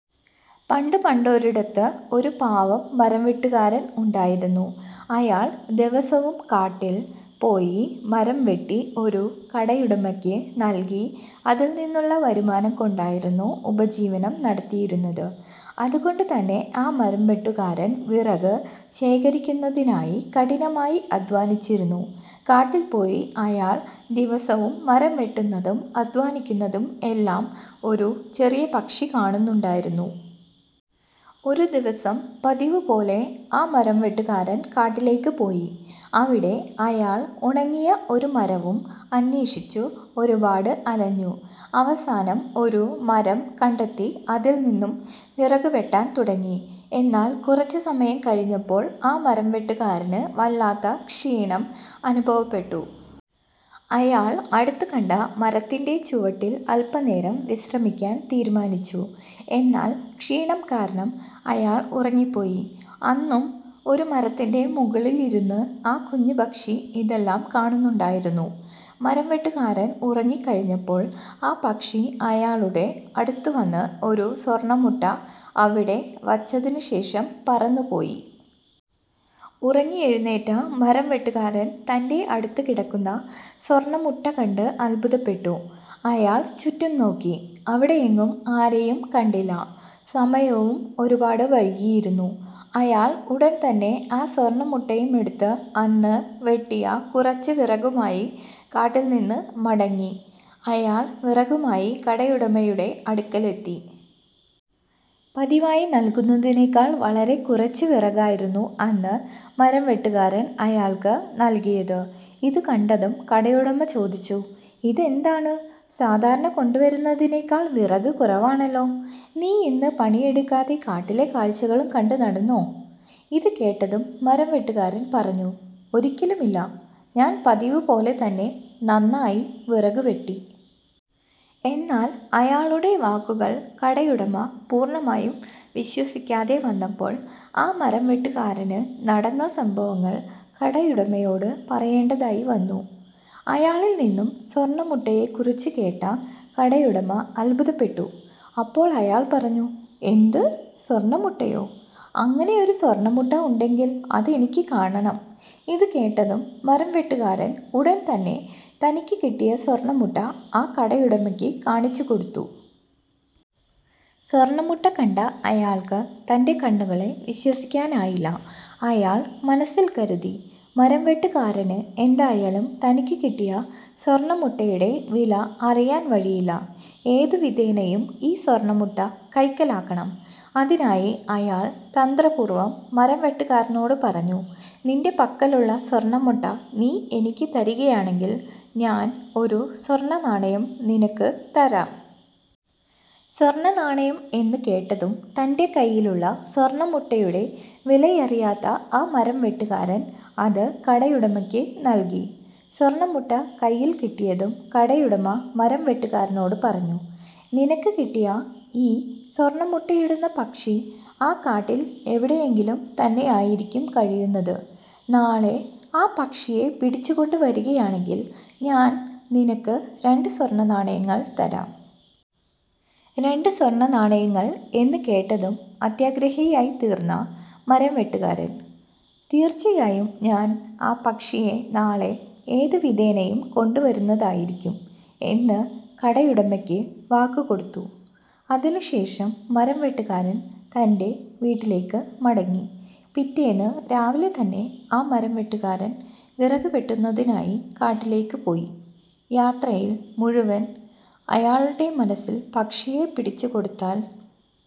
പണ്ടു പണ്ടൊരിടത്ത് ഒരു പാവം മരംവെട്ടുകാരൻ ഉണ്ടായിരുന്നു. അയാൾ ദിവസവും കാട്ടിൽ പോയി മരം വെട്ടി ഒരു കടയുടമയ്ക്ക് നൽകി അതിൽ നിന്നുള്ള വരുമാനം കൊണ്ടായിരുന്നു ഉപജീവനം നടത്തിയിരുന്നത്. അതുകൊണ്ടു തന്നെ ആ മരംവെട്ടുകാരൻ വിറകു ശേഖരിക്കുന്നതിനായി കഠിനമായി അധ്വാനിച്ചിരുന്നു. കാട്ടിൽ പോയി അയാൾ ദിവസവും മരം വെട്ടുന്നതും അധ്വാനിക്കുന്നതും എല്ലാം ഒരു ചെറിയ പക്ഷി കാണുന്നുണ്ടായിരുന്നു. ഒരു ദിവസം പതിവു പോലെ ആ മരംവെട്ടുകാരൻ കാട്ടിലേക്ക് പോയി. അവിടെ അയാൾ ഉണങ്ങിയ ഒരു മരവും അന്വേഷിച്ചു ഒരുപാട് അലഞ്ഞു. അവസാനം ഒരു മരം കണ്ടെത്തി അതിൽ നിന്നും വിറകു വെട്ടാൻ തുടങ്ങി. എന്നാൽ കുറച്ചു സമയം കഴിഞ്ഞപ്പോൾ ആ മരംവെട്ടുകാരന് വല്ലാത്ത ക്ഷീണം അനുഭവപ്പെട്ടു. അയാൾ അടുത്തു കണ്ട മരത്തിന്റെ ചുവട്ടിൽ അല്പനേരം വിശ്രമിക്കാൻ തീരുമാനിച്ചു. എന്നാൽ ക്ഷീണം കാരണം അയാൾ ഉറങ്ങിപോയി. അന്നും ഒരു മരത്തിന്റെ മുകളിലിരുന്ന് ആ കുഞ്ഞു പക്ഷി ഇതെല്ലാം കാണുന്നുണ്ടായിരുന്നു. മരംവെട്ടുകാരൻ ഉറങ്ങി കഴിഞ്ഞപ്പോൾ ആ പക്ഷി അയാളുടെ അടുത്തു വന്ന് ഒരു സ്വർണമുട്ട അവിടെ വച്ചതിനു ശേഷം പറന്നു പോയി. ഉറങ്ങിയെഴുന്നേറ്റ മരംവെട്ടുകാരൻ തന്റെ അടുത്ത് കിടക്കുന്ന സ്വർണമുട്ട കണ്ട് അത്ഭുതപ്പെട്ടു. അയാൾ ചുറ്റും നോക്കി. അവിടെയെങ്ങും ആരെയും കണ്ടില്ല. സമയവും ഒരുപാട് വൈകിയിരുന്നു. അയാൾ ഉടൻതന്നെ ആ സ്വർണമുട്ടയും എടുത്ത് അന്ന് വെട്ടിയ കുറച്ചു വിറകുമായി കാട്ടിൽ നിന്നു മടങ്ങി. അയാൾ വിറകുമായി കടയുടമയുടെ അടുക്കലെത്തി. പതിവായി നൽകുന്നതിനേക്കാൾ വളരെ കുറച്ചു വിറകായിരുന്നു അന്ന് മരംവെട്ടുകാരൻ അയാൾക്ക് നൽകിയത്. ഇതു കണ്ടതും കടയുടമ ചോദിച്ചു "ഇതെന്താണ് സാധാരണ കൊണ്ടു വരുന്നതിനെക്കാൾ വിറക് കുറവാണല്ലോ? നീയിന്നു പണിയെടുക്കാതെ കാട്ടിലെ കാഴ്ചകളും കണ്ട് നടന്നോ? " ഇതു കേട്ടതും മരംവെട്ടുകാരൻ പറഞ്ഞു "ഒരിക്കലുമില്ല. ഞാൻ പതിവു പോലെ തന്നെ നന്നായി വിറകു വെട്ടി. " എന്നാൽ അയാളുടെ വാക്കുകൾ കടയുടമ പൂർണമായും വിശ്വസിക്കാതെ വന്നപ്പോൾ ആ മരംവെട്ടുകാരന് നടന്ന സംഭവങ്ങൾ കടയുടമയോട് പറയേണ്ടതായി വന്നു. അയാളിൽ നിന്നും സ്വർണമുട്ടയെ കുറിച്ചു കേട്ട കടയുടമ അത്ഭുതപെട്ടു. അപ്പോൾ അയാൾ പറഞ്ഞു "എന്ത് സ്വർണമുട്ടയോ? അങ്ങനെയൊരു സ്വർണമുട്ട ഉണ്ടെങ്കിൽ അതെനിക്ക് കാണണം. " ഇത് കേട്ടതും മരംവെട്ടുകാരൻ ഉടൻതന്നെ തനിക്ക് കിട്ടിയ സ്വർണമുട്ട ആ കടയുടമയ്ക്ക് കാണിച്ചു കൊടുത്തു. സ്വർണമുട്ട കണ്ട അയാൾക്ക് തന്റെ കണ്ണുകളെ വിശ്വസിക്കാനായില്ല. അയാൾ മനസ്സിൽ കരുതി "മരംവെട്ടുകാരന് എന്തായാലും തനിക്ക് കിട്ടിയ സ്വർണമുട്ടയുടെ വില അറിയാൻ വഴിയില്ല. ഏതു വിധേനയും ഈ സ്വർണമുട്ട കൈക്കലാക്കണം. " അതിനായി അയാൾ തന്ത്രപൂർവം മരംവെട്ടുകാരനോട് പറഞ്ഞു. "നിന്റെ പക്കലുള്ള സ്വർണമുട്ട നീ എനിക്ക് തരികയാണെങ്കിൽ ഞാൻ ഒരു സ്വർണനാണയം നിനക്ക് തരാം. " സ്വർണനാണയം എന്നു കേട്ടതും തന്റെ കൈയിലുള്ള സ്വർണമുട്ടയുടെ വിലയറിയാത്ത ആ മരംവെട്ടുകാരൻ അത് കടയുടമയ്ക്ക് നൽകി. സ്വർണമുട്ട കൈയിൽ കിട്ടിയതും കടയുടമ മരംവെട്ടുകാരനോട് പറഞ്ഞു. "നിനക്ക് കിട്ടിയ ഈ സ്വർണമുട്ടയിടുന്ന പക്ഷി ആ കാട്ടിൽ എവിടെയെങ്കിലും തന്നെയായിരിക്കും കഴിയുന്നത്. നാളെ ആ പക്ഷിയെ പിടിച്ചു കൊണ്ടു വരികയാണെങ്കിൽ ഞാൻ നിനക്ക് രണ്ടു സ്വർണനാണയങ്ങൾ തരാം. " രണ്ടു സ്വർണനാണയങ്ങൾ എന്നു കേട്ടതും അത്യാഗ്രഹിയായി തീർന്ന മരംവെട്ടുകാരൻ "തീർച്ചയായും ഞാൻ ആ പക്ഷിയെ നാളെ ഏതു വിധേനയും കൊണ്ടു വരുന്നതായിരിക്കും. " എന്ന് കടയുടമയ്ക്ക് വാക്കു കൊടുത്തു. അതിനു ശേഷം മരംവെട്ടുകാരൻ തന്റെ വീട്ടിലേക്ക് മടങ്ങി. പിറ്റേന്ന് രാവിലെ തന്നെ ആ മരംവെട്ടുകാരൻ വിറക് വെട്ടുന്നതിനായി കാട്ടിലേക്ക് പോയി. യാത്രയിൽ മുഴുവൻ അയാളുടെ മനസ്സിൽ പക്ഷിയെ പിടിച്ചു കൊടുത്താൽ